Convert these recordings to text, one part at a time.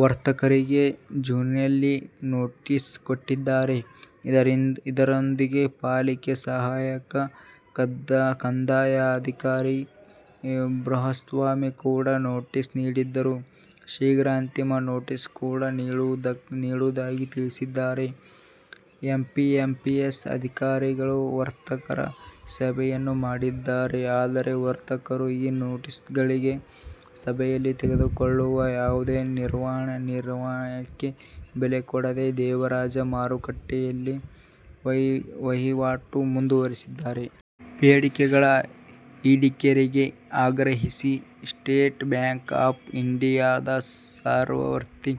ವರ್ತಕರಿಗೆ ಜೂನ್ನಲ್ಲಿ ನೋಟಿಸ್ನೂ ಕೊಟ್ಟಿದ್ದಾರೆ. ಇದರೊಂದಿಗೆ ಪಾಲಿಕೆ ಸಹಾಯಕ ಕಂದಾಯಾಧಿಕಾರಿ ಪ್ರಭುಸ್ವಾಮಿ ಕೂಡ ನೋಟಿಸ್ ನೀಡಿದ್ದು, ಶೀಘ್ರ ಅಂತಿಮ ನೋಟಿಸ್ ಕೊಡ ನೀಡುವುದಾಗಿ ತಿಳಿಸಿದ್ದಾರೆ. ಎಪಿಎಂಸಿ ಅಧಿಕಾರಿಗಳು ವರ್ತಕರ ಸಭೆಯನ್ನೂ ಮಾಡಿದ್ದಾರೆ. ಆದರೆ ವರ್ತಕರು ಈ ನೋಟಿಸ್ಗಳಿಗೆ, ಸಭೆಯಲ್ಲಿ ತೆಗೆದುಕೊಳ್ಳುವ ಯಾವುದೇ ನಿರ್ಣಯಕ್ಕೆ ಬೆಲೆ ಕೊಡದೆ, ದೇವರಾಜ ಮಾರುಕಟ್ಟೆಯಲ್ಲಿ ವಹಿವಾಟು ಮುಂದುವರಿಸಿದ್ದಾರೆ. ಬೇಡಿಕೆಗಳ ಈಡೇರಿಕೆಗೆ ಆಗ್ರಹಿಸಿ ಸ್ಟೇಟ್ ಬ್ಯಾಂಕ್ ಆಫ್ ಇಂಡಿಯಾದ ಸಹವರ್ತಿ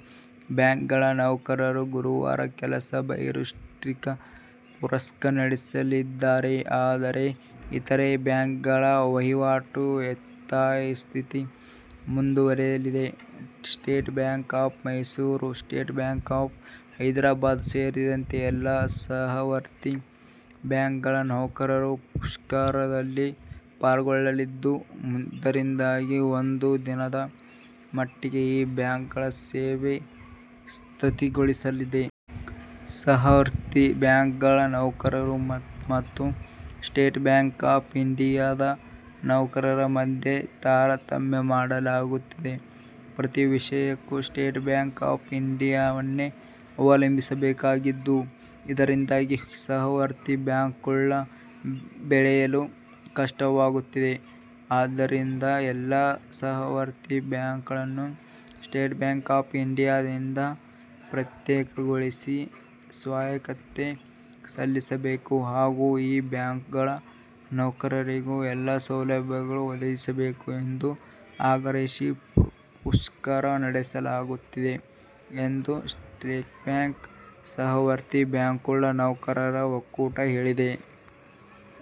ಬ್ಯಾಂಕ್ಗಳ ನೌಕರರು ಗುರುವಾರ ಕೆಲಸ ಬಹಿಷ್ಕರಿಸಿ ಮುಷ್ಕರ ನಡೆಸಲಿದ್ದಾರೆ. ಆದರೆ, ಇತರೆ ಬ್ಯಾಂಕ್ಗಳ ವಹಿವಾಟು ಯಥಾಸ್ಥಿತಿ ಮುಂದುವರಿಯಲಿದೆ. State bank of Mysuru, state bank of Hyderabad ಸೇರಿದಂತೆ ಎಲ್ಲಾ ಸಹವರ್ತಿ ಬ್ಯಾಂಕ್ಗಳ ನೌಕರರು ಮುಷ್ಕರದಲ್ಲಿ ಪಾಲ್ಗೊಳ್ಳಲಿದ್ದು, ಇದರಿಂದಾಗಿ ಒಂದು ದಿನದ ಮಟ್ಟಿಗೆ ಈ ಬ್ಯಾಂಕ್ಗಳ ಸೇವೆ ಸ್ಥಗಿತಗೊಳ್ಳಲಿದೆ. ಸಹವರ್ತಿ ಬ್ಯಾಂಕ್ಗಳ ನೌಕರರು ಮತ್ತು ಸ್ಟೇಟ್ ಬ್ಯಾಂಕ್ ಆಫ್ ಇಂಡಿಯಾದ ನೌಕರರ ಮಧ್ಯೆ ತಾರತಮ್ಯ ಮಾಡಲಾಗುತ್ತಿದೆ. ಪ್ರತಿ ವಿಷಯಕ್ಕೂ ಸ್ಟೇಟ್ ಬ್ಯಾಂಕ್ ಆಫ್ ಇಂಡಿಯಾವನ್ನೇ ಅವಲಂಬಿಸಬೇಕಾಗಿದ್ದು, ಇದರಿಂದ ಸಹವರ್ತಿ ಬ್ಯಾಂಕ್ಗಳು ಬೆಳೆಯಲು ಕಷ್ಟವಾಗುತ್ತಿದೆ. ಆದ್ದರಿಂದ ಎಲ್ಲಾ ಸಹವರ್ತಿ ಬ್ಯಾಂಕ್ಗಳನ್ನು ಸ್ಟೇಟ್ ಬ್ಯಾಂಕ್ ಆಫ್ ಇಂಡಿಯಾದಿಂದ ಪ್ರತ್ಯೇಕಗೊಳಿಸಿ ಸ್ವಾಯತ್ತತೆ ಕಲ್ಪಿಸಬೇಕು ಹಾಗೂ ಈ ಬ್ಯಾಂಕ್ಗಳ ನೌಕರರಿಗೂ ಎಲ್ಲಾ ಸೌಲಭ್ಯಗಳನ್ನು ಒದಗಿಸಬೇಕು ಎಂದು ಆಗ್ರಹಿಸಿ ಮುಷ್ಕರ ನಡೆಸಲಾಗುತ್ತಿದೆ ಎಂದು ಸ್ಟೇಟ್ಬ್ಯಾಂಕ್ ಸಹವರ್ತಿ ಬ್ಯಾಂಕ್ಗಳ ನೌಕರರ ಒಕ್ಕೂಟ ಹೇಳಿದೆ.